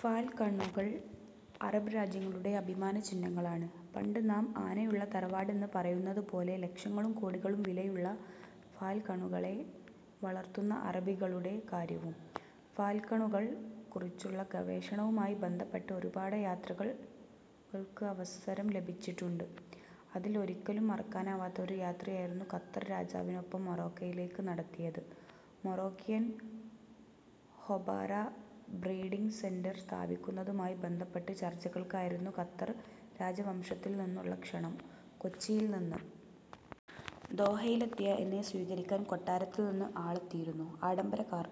ഫാൽക്കണുകൾ അറബ് രാജ്യങ്ങളുടെ അഭിമാനചിഹ്നങ്ങളാണ്. പണ്ട് നാം ആനയുള്ള തറവാടെന്ന് പറയുന്നതുപോലെയാണ് ലക്ഷങ്ങളും കോടികളും വിലയുള്ള ഫാൽക്കണുകളെ വളർത്തുന്ന അറബികളുടെ കാര്യവും. ഫാൽക്കണുകളെക്കുറിച്ചുള്ള ഗവേഷണവുമായി ബന്ധപ്പെട്ട് ഒരുപാട് യാത്രകൾക്ക് അവസരം ലഭിച്ചിട്ടുണ്ട്. അതിൽ ഒരിക്കലും മറക്കാനാവാത്ത ഒരു യാത്രയായിരുന്നു ഖത്തർ രാജാവിനൊപ്പം മൊറോക്കോയിലേക്ക് നടത്തിയത്. മൊറോക്കോയിൽ ഹൊബാറ ബ്രീഡിങ് സെന്റർ സ്ഥാപിക്കുന്നതുമായി ബന്ധപ്പെട്ട ചർച്ചകൾക്കായിരുന്നു ഖത്തർ രാജവംശത്തിൽനിന്നുള്ള ക്ഷണം. കൊച്ചിയിൽനിന്ന് ദോഹയിലെത്തിയ എന്നെ സ്വീകരിക്കാൻ കൊട്ടാരത്തിൽനിന്ന് ആളെത്തിയിരുന്നു. ആഡംബര കാർ,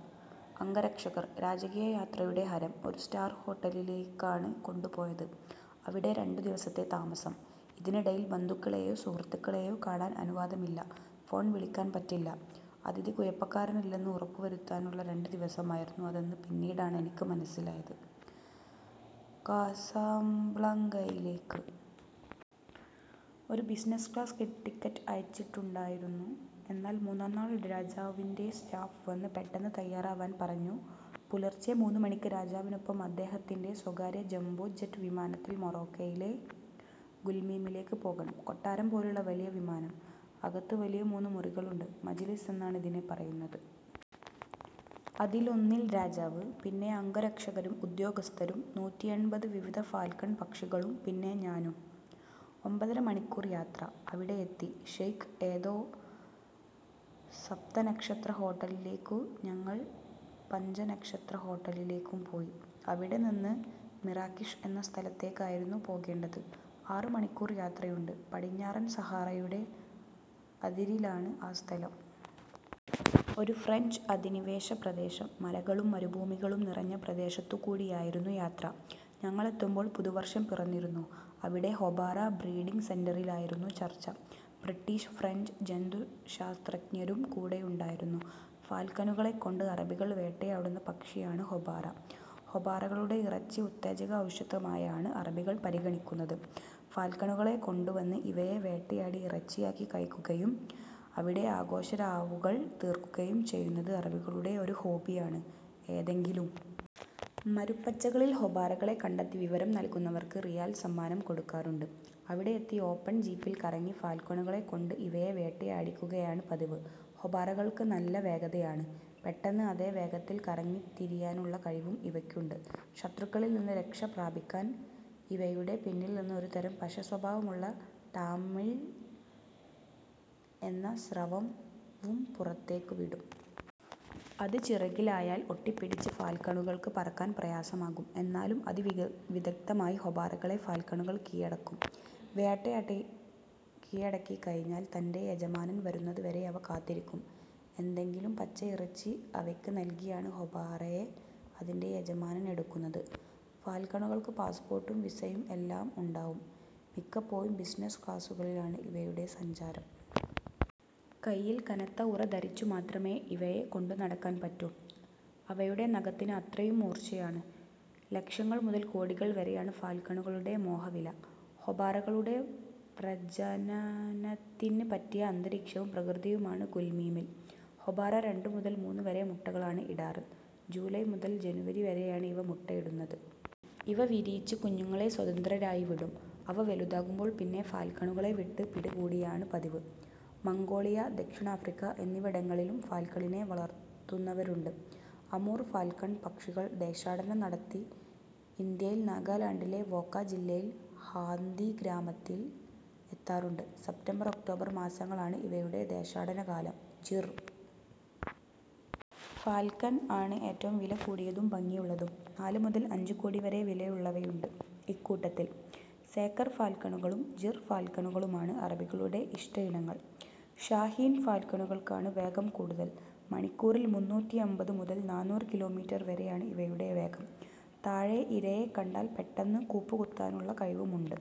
അംഗരക്ഷകർ, രാജകീയ യാത്രയുടെ ഹരം. ഒരു സ്റ്റാർ ഹോട്ടലിലേക്കാണ് കൊണ്ടുപോയത്. അവിടെ രണ്ടുദിവസത്തെ താമസം. ഇതിനിടയിൽ ബന്ധുക്കളെയോ സുഹൃത്തുക്കളെയോ കാണാൻ അനുവാദമില്ല. ഫോൺ വിളിക്കാൻ പറ്റില്ല. അതിഥി കുഴപ്പക്കാരനല്ലെന്ന് ഉറപ്പുവരുത്താനുള്ള രണ്ട് ദിവസമായിരുന്നു അതെന്ന് പിന്നീടാണ് മനസ്സിലായത്. കാസാബ്ലാങ്കയിലേക്ക് ഒരു ബിസിനസ് ക്ലാസ് ടിക്കറ്റ് അയച്ചിട്ടുണ്ടായിരുന്നു. എന്നാൽ മൂന്നാംനാൾ രാജാവിൻ്റെ സ്റ്റാഫ് വന്ന് പെട്ടെന്ന് തയ്യാറാവാൻ പറഞ്ഞു. പുലർച്ചെ മൂന്നുമണിക്ക് രാജാവിനൊപ്പം അദ്ദേഹത്തിൻ്റെ സ്വകാര്യ ജംബോ ജെറ്റ് വിമാനത്തിൽ മൊറോക്കോയിലെ ഗുൽമീമിലേക്ക് പോകണം. കൊട്ടാരം പോലുള്ള വലിയ വിമാനം. അകത്ത് വലിയ മൂന്ന് മുറികളുണ്ട്. മജ്ലിസ് എന്നാണ് ഇതിനെ പറയുന്നത്. അതിലൊന്നിൽ രാജാവ്. പിന്നെ അംഗരക്ഷകരും ഉദ്യോഗസ്ഥരും നൂറ്റിയെൺപത് വിവിധ ഫാൽക്കൺ പക്ഷികളും പിന്നെ ഞാനും. ഒമ്പതര മണിക്കൂർ യാത്ര. അവിടെയെത്തി. ഷെയ്ഖ് ഏതോ സപ്തനക്ഷത്ര ഹോട്ടലിലേക്കും ഞങ്ങൾ പഞ്ചനക്ഷത്ര ഹോട്ടലിലേക്കും പോയി. അവിടെനിന്ന് മിറാക്കിഷ് എന്ന സ്ഥലത്തേക്കായിരുന്നു പോകേണ്ടത്. ആറുമണിക്കൂർ യാത്രയുണ്ട്. പടിഞ്ഞാറൻ സഹാറയുടെ അതിരിലാണ് ആ സ്ഥലം. ഒരു ഫ്രഞ്ച് അധിനിവേശ പ്രദേശം. മലകളും മരുഭൂമികളും നിറഞ്ഞ പ്രദേശത്തുകൂടെയായിരുന്നു യാത്ര. ഞങ്ങളെത്തുമ്പോൾ പുതുവർഷം പിറന്നിരുന്നു. അവിടെ ഹൊബാറ ബ്രീഡിങ് സെന്ററിലായിരുന്നു ചർച്ച. British, French ജന്തുശാസ്ത്രജ്ഞരും കൂടെയുണ്ടായിരുന്നു. ഫാൽക്കണുകളെക്കൊണ്ട് അറബികൾ വേട്ടയാടുന്ന പക്ഷിയാണ് ഹൊബാറ. ഹൊബാറകളുടെ ഇറച്ചി ഉത്തേജക ഔഷധമായാണ് അറബികൾ പരിഗണിക്കുന്നത്. ഫാൽക്കണുകളെ കൊണ്ടുവന്ന് ഇവയെ വേട്ടയാടി ഇറച്ചിയാക്കി കഴിക്കുകയും അവിടെ ആഘോഷരാവുകൾ തീർക്കുകയും ചെയ്യുന്നത് അറബികളുടെ ഒരു ഹോബിയാണ്. ഏതെങ്കിലും മരുപ്പച്ചയിൽ ഹൊബാറകളെ കണ്ടെത്തി വിവരം നൽകുന്നവർക്ക് റിയാൽ സമ്മാനം കൊടുക്കാറുണ്ട്. അവിടെയെത്തി ഓപ്പൺ ജീപ്പിൽ കറങ്ങി ഫാൽക്കണുകളെക്കൊണ്ട് ഇവയെ വേട്ടയാടിക്കുകയാണ് പതിവ്. ഹൊബാറകൾക്ക് നല്ല വേഗതയാണ്. പെട്ടെന്ന് അതേ വേഗത്തിൽ കറങ്ങിത്തിരിയാനുള്ള കഴിവും ഇവയ്ക്കുണ്ട്. ശത്രുക്കളിൽനിന്ന് രക്ഷപ്രാപിക്കാൻ ഇവയുടെ പിന്നിൽനിന്ന് ഒരുതരം പശ സ്വഭാവമുള്ള ടാമിള് എന്ന സ്രവവും പുറത്തേക്ക് വിടും. അത് ചിറകിലായാൽ ഒട്ടിപ്പിടിച്ച് ഫാൽക്കണുകൾക്ക് പറക്കാൻ പ്രയാസമാകും. എന്നാലും അതിവിദഗ്ധമായി ഹൊബാറകളെ ഫാൽക്കണുകൾ കീഴടക്കും. വേട്ടയാടി കീഴടക്കിക്കഴിഞ്ഞാൽ തൻ്റെ യജമാനൻ വരുന്നതുവരെ അവ കാത്തിരിക്കും. എന്തെങ്കിലും പച്ചയിറച്ചി അവയ്ക്ക് നൽകിയാണ് ഹൊബാറയെ അതിൻ്റെ യജമാനൻ എടുക്കുന്നത്. ഫാൽക്കണുകൾക്ക് പാസ്‌പോർട്ടും വിസയും എല്ലാം ഉണ്ടാവും. മിക്കപ്പോഴും ബിസിനസ് ക്ലാസുകളിലാണ് ഇവയുടെ സഞ്ചാരം. കയ്യിൽ കനത്ത ഉറ ധരിച്ചുമാത്രമേ ഇവയെ കൊണ്ടുനടക്കാൻ പറ്റൂ. അവയുടെ നഖത്തിന് അത്രയും മൂർച്ചയാണ്. ലക്ഷങ്ങൾ മുതൽ കോടികൾ വരെയാണ് ഫാൽക്കണുകളുടെ മോഹവില. ഹൊബാറകളുടെ പ്രജനനത്തിന് പറ്റിയ അന്തരീക്ഷവും പ്രകൃതിയുമാണ് ഗുൽമീമിൽ. ഹൊബാറ രണ്ട് മുതൽ മൂന്നുവരെ മുട്ടകളാണ് ഇടാറ്. ജൂലൈ മുതൽ ജനുവരി വരെയാണ് ഇവ മുട്ടയിടുന്നത്. ഇവ വിരിയിച്ച് കുഞ്ഞുങ്ങളെ സ്വതന്ത്രരായി വിടും. അവ വലുതാകുമ്പോൾ പിന്നെ ഫാൽക്കണുകളെ വിട്ട് പിടികൂടുകയാണ് പതിവ്. മംഗോളിയ, ദക്ഷിണാഫ്രിക്ക എന്നിവിടങ്ങളിലും ഫാൽക്കണിനെ വളർത്തുന്നവരുണ്ട്. അമൂർ ഫാൽക്കൺ പക്ഷികൾ ദേശാടനം നടത്തി ഇന്ത്യയിൽ നാഗാലാൻഡിലെ വോക്ക ജില്ലയിലെ ഹാന്ഥി ഗ്രാമത്തിൽ എത്താറുണ്ട്. സെപ്റ്റംബർ, ഒക്ടോബർ മാസങ്ങളാണ് ഇവയുടെ ദേശാടനകാലം. ജിർ ഫാൽക്കൺ ആണ് ഏറ്റവും വിലകൂടിയതും ഭംഗിയുള്ളതും. നാല് മുതൽ അഞ്ച് കോടി വരെ വിലയുള്ളവയുണ്ട് ഇക്കൂട്ടത്തിൽ. സേക്കർ ഫാൽക്കണുകളും ജിർ ഫാൽക്കണുകളുമാണ് അറബികളുടെ ഇഷ്ടയിനങ്ങൾ. ഷാഹീൻ ഫാൽക്കണുകൾക്കാണ് വേഗം കൂടുതൽ. മണിക്കൂറിൽ മുന്നൂറ്റമ്പത് മുതൽ നാനൂറ് കിലോമീറ്റർ വരെയാണ് ഇവയുടെ വേഗം. താഴെ ഇരയെ കണ്ടാൽ പെട്ടെന്ന് കൂപ്പുകുത്താനുള്ള കഴിവുമുണ്ട്.